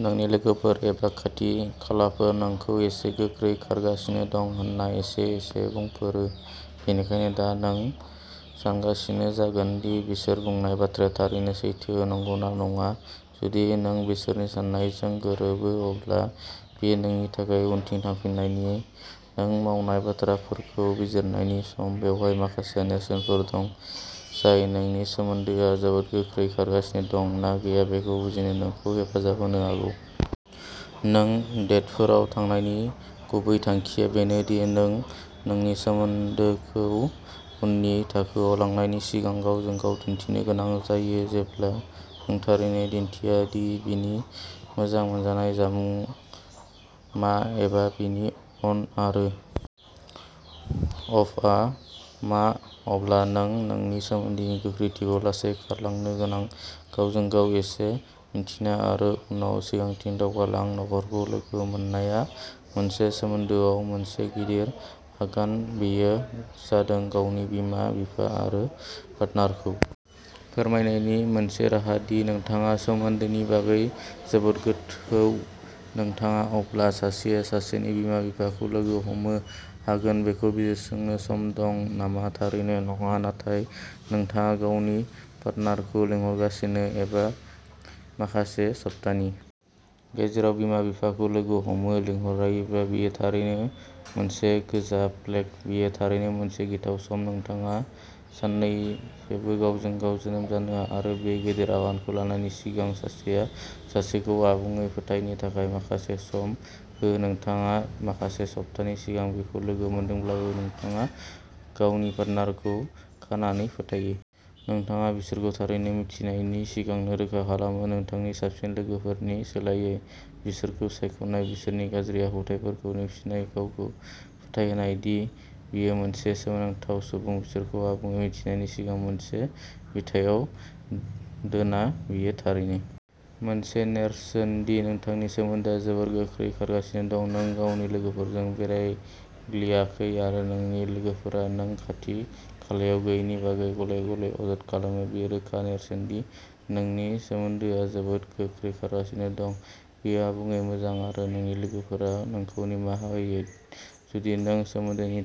नोंनि लोगोफोर एबा खाथि खालाफोरा नोंखौ एसे गोख्रै खारगासिनो दं होन्ना एसे एसे बुंफोरो बेनिखायनो दा नों सानगासिनो जागोन दि बिसोर बुंनाय बाथ्राया थारैनो सैथो नंगौना नङा जुदि नों बिसोरनि साननायजों गोरोबो अब्ला बेयो नोंनि थाखाय उनथिं थांफिननायनि आरो नों मावनाय बाथ्राफोरखौ बिजिरनायनि सम बेवहाय माखासे नेरसोनफोर दं जाय नोंनि सोमोन्दोआ जोबोद गोख्रै खारगासिनो दं ना गैया बेखौ बुजिनो नोंखौ हेफाजाब होनो हागौ। नों डेटफोराव थांनायनि गुबै थांखिया बेनो दि नों नोंनि सोमोन्दोखौ उननि थाखोआव लांनायनि सिगां गावजों गाव दिन्थिनो गोनां जायो जेब्ला नों थारैनो दिन्थिया दि बिनि मोजां मोनजानाय जामुं मा एबा बिनि अन आरो अफआ मा अब्ला नों नोंनि सोमोन्दोनि गोख्रैथिखौ लासै खालामनो गोनां गावजों गाव एसे मिन्थिना आरो उनाव सिगांथिं दावगालां नखरखौ लोगो मोननाया मोनसे सोमोन्दोआव मोनसे गिदिर आगान बेयो जादों गावनि बिमा बिफा आरो पार्टनारखौ फोरमायनायनि मोनसे राहा दि नोंथाङा सोमोन्दोनि बागै जोबोद गोथौ नोंथाङा माब्ला सासेया सासेनि बिमा बिफाखौ लोगो हमनो हागोन बेखौ बिजिरनो सम दं नामा थारैनो नङा नाथाय नोंथाङा गावनि पार्टनारखौ लिंहरगासिनो एबा माखासे सप्तानि गेजेराव बिमा बिफाखौ लोगो हमनो लिंहरजायोब्ला बियो थारैनो मोनसे गोजा प्लेग बियो थारैनो मोनसे गिथाव सम नोंथाङा सानैनोबो गावजों गाव गोजोन जानो आरो बे गिदिर आगानखौ लानायनि सिगां सासेया सासेखौ आबुङै फोथायनो थाखाय माखासे सम हो नोंथाङा माखासे सप्ता सिगां बिखौ लोगो मोनदोंमोनब्लाबो नोंथाङा गावनि पार्टनारखौ खानाङै फोथायो। नोंथाङा बिसोरखौ थारैनो मिथिनायनि सिगांनो रोखा खालामो नोंथांनि साबसिन लोगोफोरनि सोलायै बिसोरखौ सायख'नाय बिसोरनि गाज्रि आखुथाइफोरखौ नेवसिनाय गावखौ फोथायहोनाय दि बियो सासे सोमोनांथाव सुबुं बिसोरखौ आबुङै मिथिनायनि सिगां मोनसे बिथायाव दोना बियो थारैनो मोनसे नेरसोन दि नोंथांनि सोमोन्दोआ जोबोद गोख्रै खारगासिनो दं नों गावनि लोगोफोरजों बेरायग्लियाखै आरो नोंनि लोगोफोरा नों खाथि खालायाव गैयैनि बागै गले गले अजद खालामो बेयो रोखा नेरसोन दि नोंनि सोमोन्दोआ जोबोद गोख्रै खारगासिनो दं बेयो आबुङै मोजां आरो नोंनि लोगोफोरा नोंखौ निमाहा होयो जुदि नों सोमोन्दोनि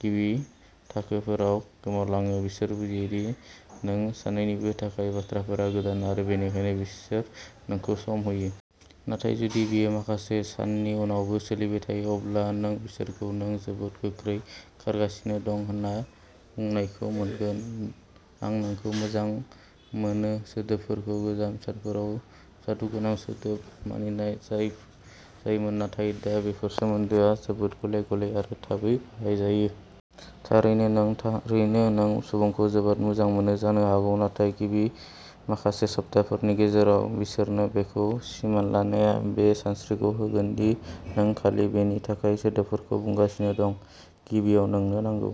गिबि थाखोफोराव गोमोरलाङो बिसोरो बुजियो दि नों सानैनिबो थाखाय बाथ्राफोरा गोदान आरो बेनिखायनो बिसोर नोंखौ सम होयो। नाथाय जुदि बेयो माखासे साननि उनावबो सोलिबाय थायो अब्ला नों बिसोरखौ नों जोबोद गोख्रै खारगासिनो दं होनना बुंनायखौ मोनगोन। आं नोंखौ मोजां मोनो'सोदोबफोरखौ गोजाम सानफोराव जादुगोनां सोदोब मानिनाय जाय जायोमोन नाथाय दा बेफोर सोमोन्दोआव जोबोद गले गले आरो थाबै बाहायजायो। थारैनो नों थारैनो बे सुबुंखौ जोबोद मोजां मोनो जानो हागौ नाथाय गिबि माखासे सप्ताफोरनि गेजेराव बिसोरनो बेखौ सिमान लानाया बे सानस्रिखौ होगोन दि नों खालि बेनि थाखाय सोदोबफोरखौ बुंगासिनो दं गिबियाव नोंनो नांगौ।